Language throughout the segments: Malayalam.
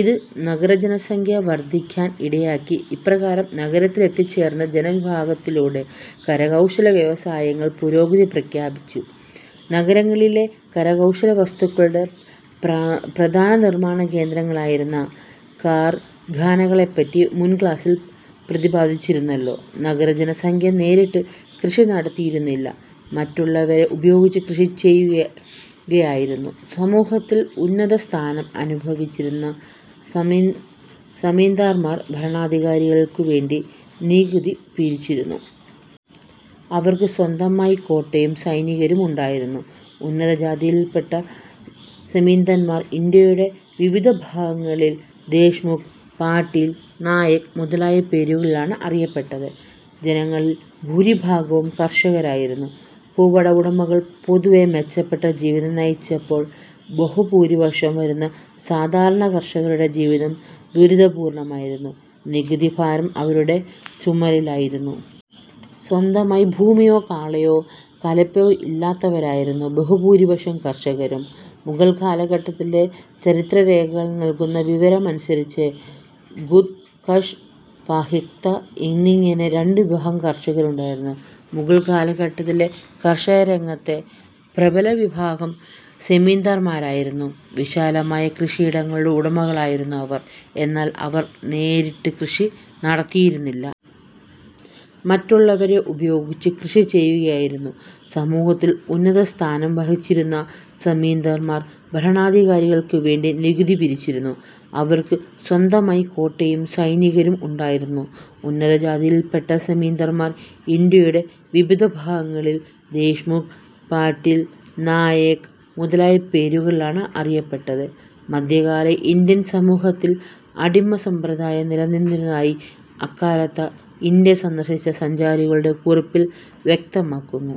ഇത് നഗരജനസംഖ്യ വർധിക്കാൻ ഇടയാക്കി. ഇപ്രകാരം നഗരങ്ങളിലെത്തിച്ചേർന്ന ജനവിഭാഗങ്ങളിലൂടെ കരകൗശല വ്യവസായങ്ങൾ പുരോഗതി പ്രാപിച്ചു. നഗരങ്ങളിലെ കരകൗശലവസ്തുക്കളുടെ പ്രധാന നിർമാണകേന്ദ്രങ്ങളായിരുന്ന കാർഖാനകളെപ്പറ്റി മുൻ ക്ലാസിൽ പ്രതിപാദിച്ചിരുന്നല്ലോ. നഗരജനസംഖ്യ നേരിട്ട് കൃഷി നടത്തിയിരുന്നില്ല. മറ്റുള്ളവരെ ഉപയോഗിച്ച് കൃഷി ചെയ്യുകയായിരുന്നു. സമൂഹത്തിൽ ഉന്നത സ്ഥാനം അനുഭവിച്ചിരുന്ന സമീന്ദാർമാർ ഭരണാധികാരികൾക്കു വേണ്ടി നികുതി പിരിച്ചിരുന്നു. അവർക്ക് സ്വന്തമായി കോട്ടയും സൈനികരും ഉണ്ടായിരുന്നു. ഉന്നതജാതിയിൽപ്പെട്ട സെമീന്ദാർമാർ ഇന്ത്യയുടെ വിവിധ ഭാഗങ്ങളിൽ ദേശ്മുഖ്, പാട്ടീൽ, നായക് മുതലായ പേരുകളിലാണ് അറിയപ്പെട്ടത്. ജനങ്ങളിൽ ഭൂരിഭാഗവും കർഷകരായിരുന്നു. ഭൂവുടമകൾ പൊതുവെ മെച്ചപ്പെട്ട ജീവിതം നയിച്ചപ്പോൾ ബഹുഭൂരിപക്ഷം വരുന്ന സാധാരണ കർഷകരുടെ ജീവിതം ദുരിതപൂർണമായിരുന്നു. നികുതിഭാരം അവരുടെ ചുമലിലായിരുന്നു. സ്വന്തമായി ഭൂമിയോ കാളയോ കലപ്പയോ ഇല്ലാത്തവരായിരുന്നു ബഹു ഭൂരിപക്ഷം കർഷകരും. മുഗൾ കാലഘട്ടത്തിലെ ചരിത്രരേഖകൾ നൽകുന്ന വിവരണമനുസരിച്ച് ഖുദ് കഷ്, പാഹിക്ത എന്നിങ്ങനെ രണ്ടു വിഭാഗം കർഷകരുണ്ടായിരുന്നു. മുഗൾ കാലഘട്ടത്തിലെ കാർഷികരംഗത്തെ പ്രബല വിഭാഗം സെമീന്ദർമാരായിരുന്നു. വിശാലമായ കൃഷിയിടങ്ങളുടെ ഉടമകളായിരുന്നു അവർ. എന്നാൽ അവർ നേരിട്ട് കൃഷി നടത്തിയിരുന്നില്ല. മറ്റുള്ളവരെ ഉപയോഗിച്ച് കൃഷി ചെയ്യുകയായിരുന്നു. സമൂഹത്തിൽ ഉന്നത സ്ഥാനം അനുഭവിച്ചിരുന്ന സമീന്ദാർമാർ ഭരണാധികാരികൾക്കു വേണ്ടി നികുതി പിരിച്ചിരുന്നു. അവർക്ക് സ്വന്തമായി കോട്ടയും സൈനികരും ഉണ്ടായിരുന്നു. ഉന്നതജാതിയിൽപ്പെട്ട സെമീന്ദാർമാർ ഇന്ത്യയുടെ വിവിധ ഭാഗങ്ങളിൽ ദേശ്മുഖ്, പാട്ടീൽ, നായക് മുതലായ പേരുകളിലാണ് അറിയപ്പെട്ടത്. മധ്യകാല ഇന്ത്യൻ സമൂഹത്തിൽ അടിമ സമ്പ്രദായം നിലനിന്നിരുന്നതായി അക്കാലത്ത് ഇന്ത്യ സന്ദർശിച്ച സഞ്ചാരികളുടെ കുറിപ്പുകൾ വ്യക്തമാക്കുന്നു.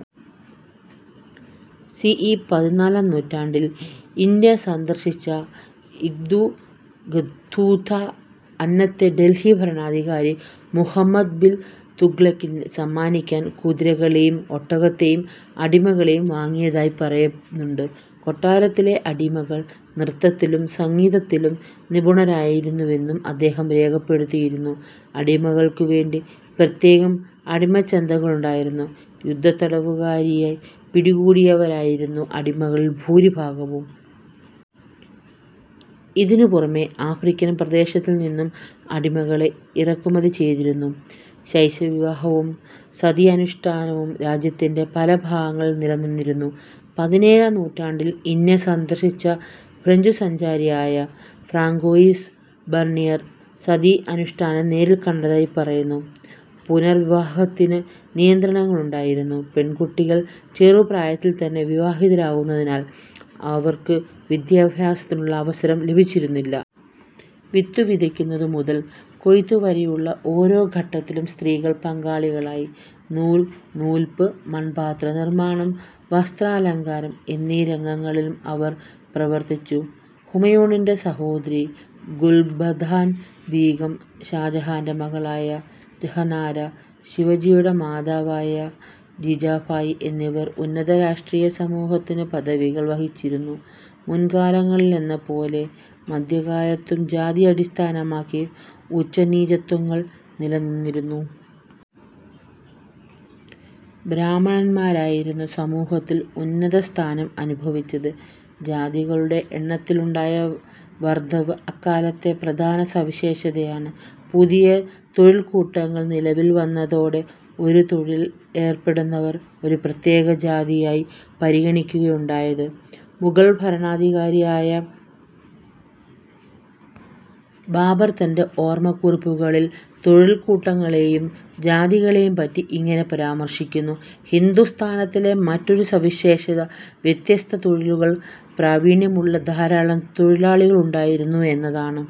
സി. ഇ. പതിനാലാം നൂറ്റാണ്ടിൽ ഇന്ത്യ സന്ദർശിച്ച ഇബ്നു ബത്തൂത്ത അന്നത്തെ ഡൽഹി ഭരണാധികാരി മുഹമ്മദ് ബിൻ തുഗ്ലക്കിന് സമ്മാനിക്കാൻ കുതിരകളെയും ഒട്ടകങ്ങളെയും അടിമകളെയും വാങ്ങിയതായി പറയുന്നുണ്ട്. കൊട്ടാരത്തിലെ അടിമകൾ നൃത്തത്തിലും സംഗീതത്തിലും നിപുണരായിരുന്നുവെന്നും അദ്ദേഹം രേഖപ്പെടുത്തിയിരിക്കുന്നു. അടിമകൾക്കുവേണ്ടി പ്രത്യേകം അടിമച്ചന്തകളുണ്ടായിരുന്നു. യുദ്ധത്തടവുകാരായി പിടികൂടിയവരായിരുന്നു അടിമകളിൽ ഭൂരിഭാഗവും. ഇതിനു പുറമെ ആഫ്രിക്കൻ പ്രദേശത്തുനിന്നും അടിമകളെ ഇറക്കുമതി ചെയ്തിരുന്നു. ശൈശവവിവാഹവും സതി അനുഷ്ഠാനവും രാജ്യത്തിന്റെ പല ഭാഗത്തും നിലനിന്നിരുന്നു. പതിനേഴാം നൂറ്റാണ്ടിൽ ഇന്ത്യ സന്ദർശിച്ച ഫ്രഞ്ചു സഞ്ചാരിയായ ഫ്രാങ്കോയിസ് ബർണിയർ സതി അനുഷ്ഠാനം നേരിൽ കണ്ടതായി പറയുന്നുണ്ട്. പുനർവിവാഹത്തിന് നിയന്ത്രണങ്ങളുണ്ടായിരുന്നു. പെൺകുട്ടികൾ ചെറുപ്രായത്തിൽത്തന്നെ വിവാഹിതരാകുന്നതിനാൽ അവർക്ക് വിദ്യാഭ്യാസത്തിനുള്ള അവസരം ലഭിച്ചിരുന്നില്ല. വിത്തു വിതയ്ക്കുന്നതു മുതൽ കൊയ്യുന്നതുവരെയുള്ള ഓരോ ഘട്ടത്തിലും സ്ത്രീകൾ പങ്കാളികളായി. നൂൽ നൂൽപ്പ്, മൺപാത്രനിർമാണം, വസ്ത്രാലങ്കാരം എന്നീ രംഗങ്ങളിലും അവർ പ്രവർത്തിച്ചു. ഹുമയൂണിന്റെ സഹോദരി ഗുൽബദാൻ ബീഗം, ഷാജഹാന്റെ മകളായ ജഹനാര, ശിവജിയുടെ മാതാവായ ജീജാഭായ് എന്നിവർ ഉന്നത രാഷ്ട്രീയ-സാമൂഹിക പദവികൾ വഹിച്ചവരായിരുന്നു. മുൻകാലങ്ങളിലെന്നപോലെ മധ്യകാലത്തും ജാതി അടിസ്ഥാനമാക്കി ഉച്ചനീചത്വങ്ങൾ നിലനിന്നിരുന്നു. ബ്രാഹ്മണരായിരുന്നു സമൂഹത്തിൽ ഉന്നതസ്ഥാനം അനുഭവിച്ചത്. ജാതികളുടെ എണ്ണത്തിലുണ്ടായ വർധനവ് അക്കാലത്തെ പ്രധാന സവിശേഷതയാണ്. പുതിയ തൊഴിൽക്കൂട്ടങ്ങൾ നിലവിൽ വന്നതോടെ ഒരു തൊഴിലിൽ ഏർപ്പെടുന്നവർ ഒരു പ്രത്യേക ജാതിയായി പരിണമിക്കുകയാണുണ്ടായത്. മുഗൾ ഭരണാധികാരിയായ ബാബർ തന്റെ ഓർമക്കുറിപ്പുകളിൽ തൊഴിൽക്കൂട്ടങ്ങളെയും ജാതികളെയും പറ്റി ഇങ്ങനെ പരാമർശിക്കുന്നു. ഹിന്ദുസ്ഥാനിലെ മറ്റൊരു സവിശേഷത വ്യത്യസ്ത തൊഴിലുകളിൽ പ്രാവീണ്യമുള്ള ധാരാളം തൊഴിലാളികളുണ്ടായിരുന്നു എന്നതാണ്.